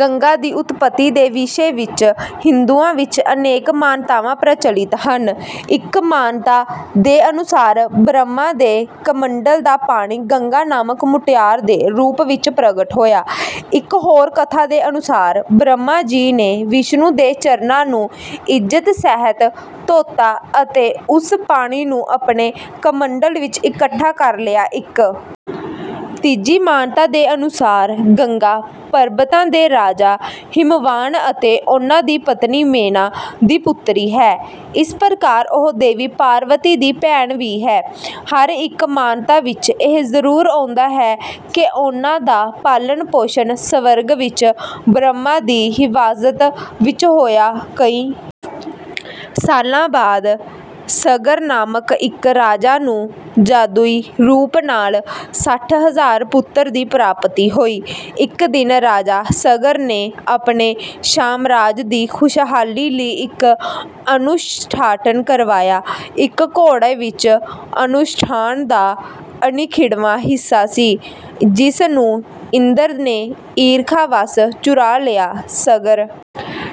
ਗੰਗਾ ਦੀ ਉਤਪੱਤੀ ਦੇ ਵਿਸ਼ੇ ਵਿੱਚ ਹਿੰਦੂਆਂ ਵਿੱਚ ਅਨੇਕ ਮਾਨਤਾਵਾਂ ਪ੍ਰਚਲਿਤ ਹਨ। ਇੱਕ ਮਾਨਤਾ ਦੇ ਅਨੁਸਾਰ ਬ੍ਰਹਮਾ ਦੇ ਕਮੰਡਲ ਦਾ ਪਾਣੀ ਗੰਗਾ ਨਾਮਕ ਮੁਟਿਆਰ ਦੇ ਰੂਪ ਵਿੱਚ ਪ੍ਰਗਟ ਹੋਇਆ ਸੀ। ਇੱਕ ਹੋਰ ਕਥਾ ਦੇ ਅਨੁਸਾਰ ਬ੍ਰਹਮਾ ਜੀ ਨੇ ਵਿਸ਼ਨੂੰ ਦੇ ਚਰਨਾਂ ਨੂੰ ਇੱਜ਼ਤ ਸਹਿਤ ਧੋਤਾ ਅਤੇ ਉਸ ਪਾਣੀ ਨੂੰ ਆਪਣੇ ਕਮੰਡਲ ਵਿੱਚ ਇਕੱਠਾ ਕਰ ਲਿਆ। ਇੱਕ ਤੀਜੀ ਮਾਨਤਾ ਦੇ ਅਨੁਸਾਰ ਗੰਗਾ ਪਰਬਤਾਂ ਦੇ ਰਾਜਾ ਹਿਮਵਾਨ ਅਤੇ ਉਨ੍ਹਾਂ ਦੀ ਪਤਨੀ ਮੇਨਾ ਦੀ ਪੁੱਤਰੀ ਹੈ। ਇਸ ਪ੍ਰਕਾਰ ਉਹ ਦੇਵੀ ਪਾਰਵਤੀ ਦੀ ਭੈਣ ਵੀ ਹੈ। ਹਰ ਇੱਕ ਮਾਨਤਾ ਵਿੱਚ ਇਹ ਜ਼ਰੂਰ ਆਉਂਦਾ ਹੈ ਕਿ ਉਨ੍ਹਾਂ ਦਾ ਪਾਲਣ-ਪੋਸ਼ਣ ਸਵਰਗ ਵਿੱਚ ਬ੍ਰਹਮਾ ਦੀ ਹਿਫ਼ਾਜ਼ਤ ਵਿੱਚ ਹੋਇਆ। ਕਈ ਸਾਲਾਂ ਬਾਅਦ ਸਗਰ ਨਾਮਕ ਇੱਕ ਰਾਜਾ ਨੂੰ ਜਾਦੂਈ ਰੂਪ ਨਾਲ ਸੱਠ ਹਜ਼ਾਰ ਪੁੱਤਰਾਂ ਦੀ ਪ੍ਰਾਪਤੀ ਹੋਈ। ਇੱਕ ਦਿਨ ਰਾਜਾ ਸਗਰ ਨੇ ਆਪਣੇ ਸਾਮਰਾਜ ਦੀ ਖ਼ੁਸ਼ਹਾਲੀ ਲਈ ਇੱਕ ਅਨੁਸ਼ਠਾਨ ਕਰਵਾਇਆ। ਇੱਕ ਘੋੜਾ ਉਸ ਅਨੁਸ਼ਠਾਨ ਦਾ ਅਨਿੱਖੜਵਾਂ ਹਿੱਸਾ ਸੀ, ਜਿਸ ਨੂੰ ਇੰਦਰ ਨੇ ਈਰਖਾ ਵੱਸ ਚੁਰਾ ਲਿਆ। ਸਗਰ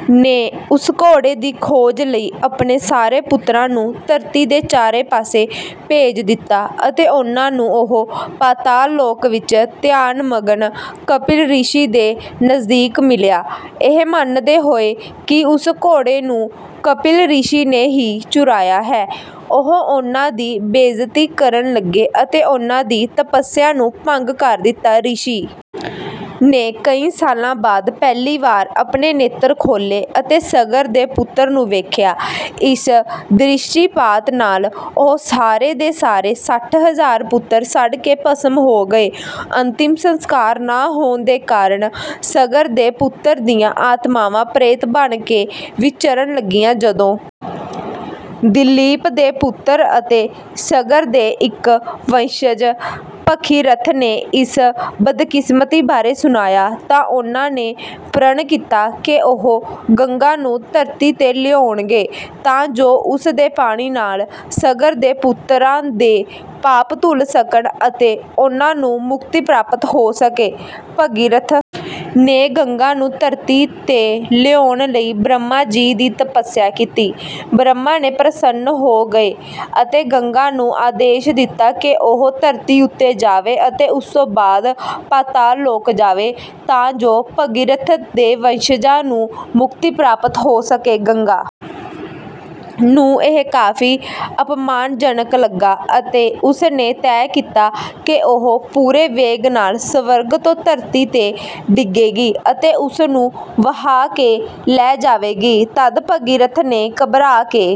ਨੇ ਉਸ ਘੋੜੇ ਦੀ ਖੋਜ ਲਈ ਆਪਣੇ ਸਾਰੇ ਪੁੱਤਰਾਂ ਨੂੰ ਧਰਤੀ ਦੇ ਚਾਰੇ ਪਾਸੇ ਭੇਜ ਦਿੱਤਾ ਅਤੇ ਉਨ੍ਹਾਂ ਨੂੰ ਉਹ ਪਾਤਾਲ ਲੋਕ ਵਿੱਚ ਧਿਆਨ-ਮਗਨ ਕਪਿਲ ਰਿਸ਼ੀ ਦੇ ਨਜ਼ਦੀਕ ਮਿਲਿਆ। ਇਹ ਮੰਨਦੇ ਹੋਏ ਕਿ ਉਸ ਘੋੜੇ ਨੂੰ ਕਪਿਲ ਰਿਸ਼ੀ ਨੇ ਹੀ ਚੁਰਾਇਆ ਹੈ, ਉਹ ਉਨ੍ਹਾਂ ਦੀ ਬੇਇੱਜ਼ਤੀ ਕਰਨ ਲੱਗੇ ਅਤੇ ਉਨ੍ਹਾਂ ਦੀ ਤਪੱਸਿਆ ਨੂੰ ਭੰਗ ਕਰ ਦਿੱਤਾ। ਰਿਸ਼ੀ ਨੇ ਕਈ ਸਾਲਾਂ ਬਾਅਦ ਪਹਿਲੀ ਵਾਰ ਆਪਣੇ ਨੇਤਰ ਖੋਲ੍ਹੇ ਅਤੇ ਸਗਰ ਦੇ ਪੁੱਤਰਾਂ ਨੂੰ ਵੇਖਿਆ। ਇਸ ਦ੍ਰਿਸ਼ਟੀਪਾਤ ਨਾਲ ਉਹ ਸਾਰੇ ਦੇ ਸਾਰੇ ਸੱਠ ਹਜ਼ਾਰ ਪੁੱਤਰ ਸੜ ਕੇ ਭਸਮ ਹੋ ਗਏ। ਅੰਤਿਮ ਸੰਸਕਾਰ ਨਾ ਹੋਣ ਦੇ ਕਾਰਨ ਸਗਰ ਦੇ ਪੁੱਤਰਾਂ ਦੀਆਂ ਆਤਮਾਵਾਂ ਪ੍ਰੇਤ ਬਣ ਕੇ ਵਿਚਰਨ ਲੱਗੀਆਂ। ਜਦੋਂ ਦਿਲੀਪ ਦੇ ਪੁੱਤਰ ਅਤੇ ਸਗਰ ਦੇ ਇੱਕ ਵੰਸ਼ਜ ਭਗੀਰਥ ਨੇ ਇਸ ਬਦਕਿਸਮਤੀ ਬਾਰੇ ਸੁਣਿਆ ਤਾਂ ਉਨ੍ਹਾਂ ਨੇ ਪ੍ਰਣ ਕੀਤਾ ਕਿ ਉਹ ਗੰਗਾ ਨੂੰ ਧਰਤੀ ’ਤੇ ਲਿਆਉਣਗੇ, ਤਾਂ ਜੋ ਉਸ ਦੇ ਪਾਣੀ ਨਾਲ ਸਗਰ ਦੇ ਪੁੱਤਰਾਂ ਦੇ ਪਾਪ ਧੁਲ ਸਕਣ ਅਤੇ ਉਨ੍ਹਾਂ ਨੂੰ ਮੁਕਤੀ ਪ੍ਰਾਪਤ ਹੋ ਸਕੇ। ਭਗੀਰਥ ਨੇ ਗੰਗਾ ਨੂੰ ਧਰਤੀ ’ਤੇ ਲਿਆਉਣ ਲਈ ਬ੍ਰਹਮਾ ਜੀ ਦੀ ਤਪੱਸਿਆ ਕੀਤੀ। ਬ੍ਰਹਮਾ ਜੀ ਪ੍ਰਸੰਨ ਹੋ ਗਏ ਅਤੇ ਗੰਗਾ ਨੂੰ ਆਦੇਸ਼ ਦਿੱਤਾ ਕਿ ਉਹ ਧਰਤੀ ਉੱਤੇ ਜਾਵੇ ਅਤੇ ਉਸ ਤੋਂ ਬਾਅਦ ਪਾਤਾਲ ਲੋਕ ਜਾਵੇ, ਤਾਂ ਜੋ ਭਗੀਰਥ ਦੇ ਵੰਸ਼ਜਾਂ ਨੂੰ ਮੁਕਤੀ ਪ੍ਰਾਪਤ ਹੋ ਸਕੇ। ਗੰਗਾ ਨੂੰ ਇਹ ਕਾਫ਼ੀ ਅਪਮਾਨਜਨਕ ਲੱਗਾ ਅਤੇ ਉਸ ਨੇ ਤੈਅ ਕੀਤਾ ਕਿ ਉਹ ਪੂਰੇ ਵੇਗ ਨਾਲ ਸਵਰਗ ਤੋਂ ਧਰਤੀ ’ਤੇ ਡਿੱਗੇਗੀ ਅਤੇ ਉਸ ਨੂੰ ਵਹਾ ਕੇ ਲੈ ਜਾਵੇਗੀ। ਤਦ ਭਗੀਰਥ ਨੇ ਘਬਰਾ ਕੇ…